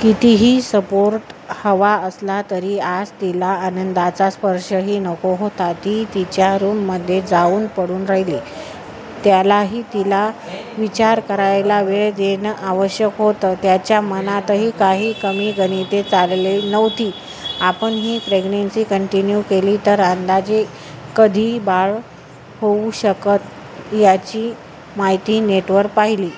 कितीही सपोर्ट हवा असला तरी आज तिला आनंदचा स्पर्शही नको होता. ती तिच्या रूममध्ये जाऊन पडून राहिली. त्यालाही तिला विचार करायला वेळ देणं आवश्यक होतं. त्याच्या मनातही काही कमी गणिते चाललेली नव्हती. आपण ही प्रेग्नन्सी कंटिन्यू केली तर अंदाजे कधी बाळ होऊ शकत याची माहिती नेटवर पाहिली.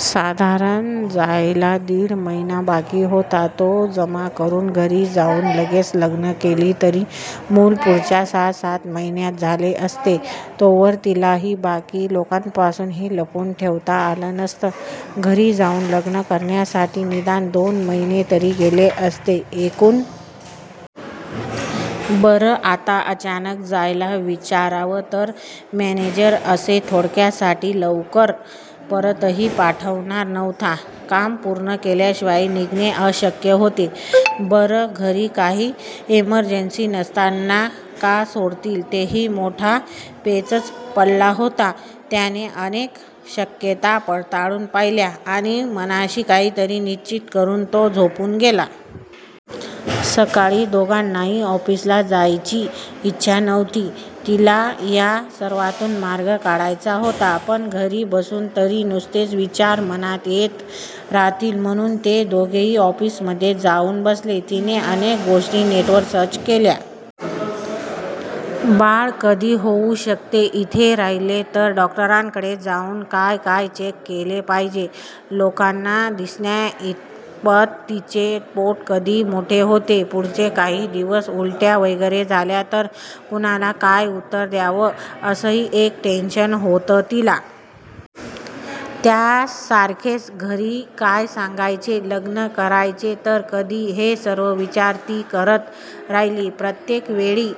साधारण जायला दीड महिना बाकी होता. तो जमा करून घरी जाऊन लगेच लग्न केले तरी मूल पुढच्या सहा-सात महिन्यांत झाले असते. तोवर तिलाही बाकी लोकांपासून हे लपवून ठेवता आलं नसतं. घरी जाऊन लग्न करण्यासाठी निदान दोन महिने तरी गेले असते एकूण. बरं आता अचानक जायला विचारावं तर मॅनेजर असे थोडक्यासाठी लवकर परतही पाठवणार नव्हता. काम पूर्ण केल्याशिवाय निघणे अशक्य होते. बरं घरी काही इमर्जन्सी नसताना का सोडतील तेही? मोठा पेचच पडला होता. त्याने अनेक शक्यता पडताळून पाहिल्या आणि मनाशी काहीतरी निश्चित करून तो झोपून गेला. सकाळी दोघांनाही ऑफिसला जायची इच्छा नव्हती. तिला या सर्वातून मार्ग काढायचा होता. पण घरी बसून तरी नुसते विचार मनात येत राहतील म्हणून ते दोघेही ऑफिसमध्ये जाऊन बसले. तिने अनेक गोष्टी नेटवर सर्च केल्या. बाळ कधी होऊ शकते, इथे राहिले तर डॉक्टरकडे जाऊन काय काय चेक केले पाहिजे, लोकांना दिसण्याइतपत तिचे पोट कधी मोठे होते. पुढचे काही दिवस उलट्या वगैरे झाल्या तर कुणाला काय उत्तर द्यावं असंही एक टेन्शन होतं तिला. त्याच्यासारखेच घरी काय सांगायचे, लग्न करायचे तर कधी हे सर्व विचार ती करत राहिली. प्रत्येकवेळी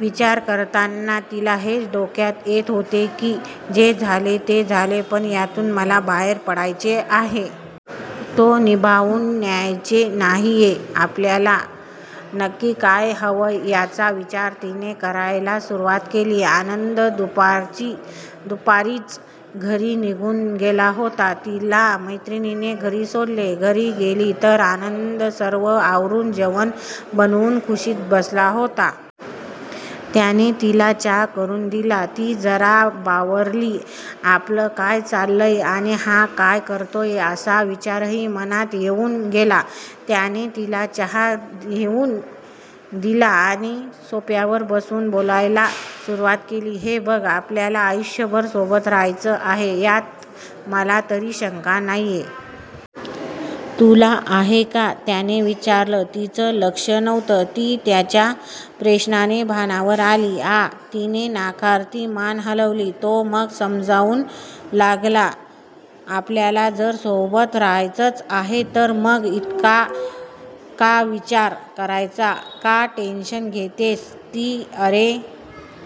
विचार करताना तिला हेच डोक्यात येत होते की जे झाले ते झाले पण यातून मला बाहेर पडायचे आहे. ते निभावून न्यायचे नाहीये. आपल्याला नक्की काय हवंय याचा विचार तिने करायला सुरुवात केली. आनंद दुपारीच घरी निघून गेला होता. तिला मैत्रिणीने घरी सोडले. घरी गेली तर आनंद सर्व आवरून, जेवण बनवून खुशीत बसला होता. त्याने तिला चहा करून दिला. ती जरा बावरली. आपलं काय चाललंय आणि हा काय करतोय असा विचारही मनात येऊन गेला. त्याने तिला चहा घेऊन दिला आणि सोफ्यावर बसवून बोलायला सुरुवात केली,"हे बघ, आपल्याला आयुष्यभर सोबत राहायचं आहे यात मला तरी शंका नाहीये. तुला आहे का? ", त्याने विचारलं. तिचं लक्ष नव्हतं. ती त्याच्या प्रश्नाने भानावर आली. "आं! तिने नकारार्थी मान हलवली. तो मग समजावू लागला,"आपल्याला जर सोबत राहायचंच आहे तर मग इतका का विचार करायचा? का टेन्शन घेतेस? ती," अरे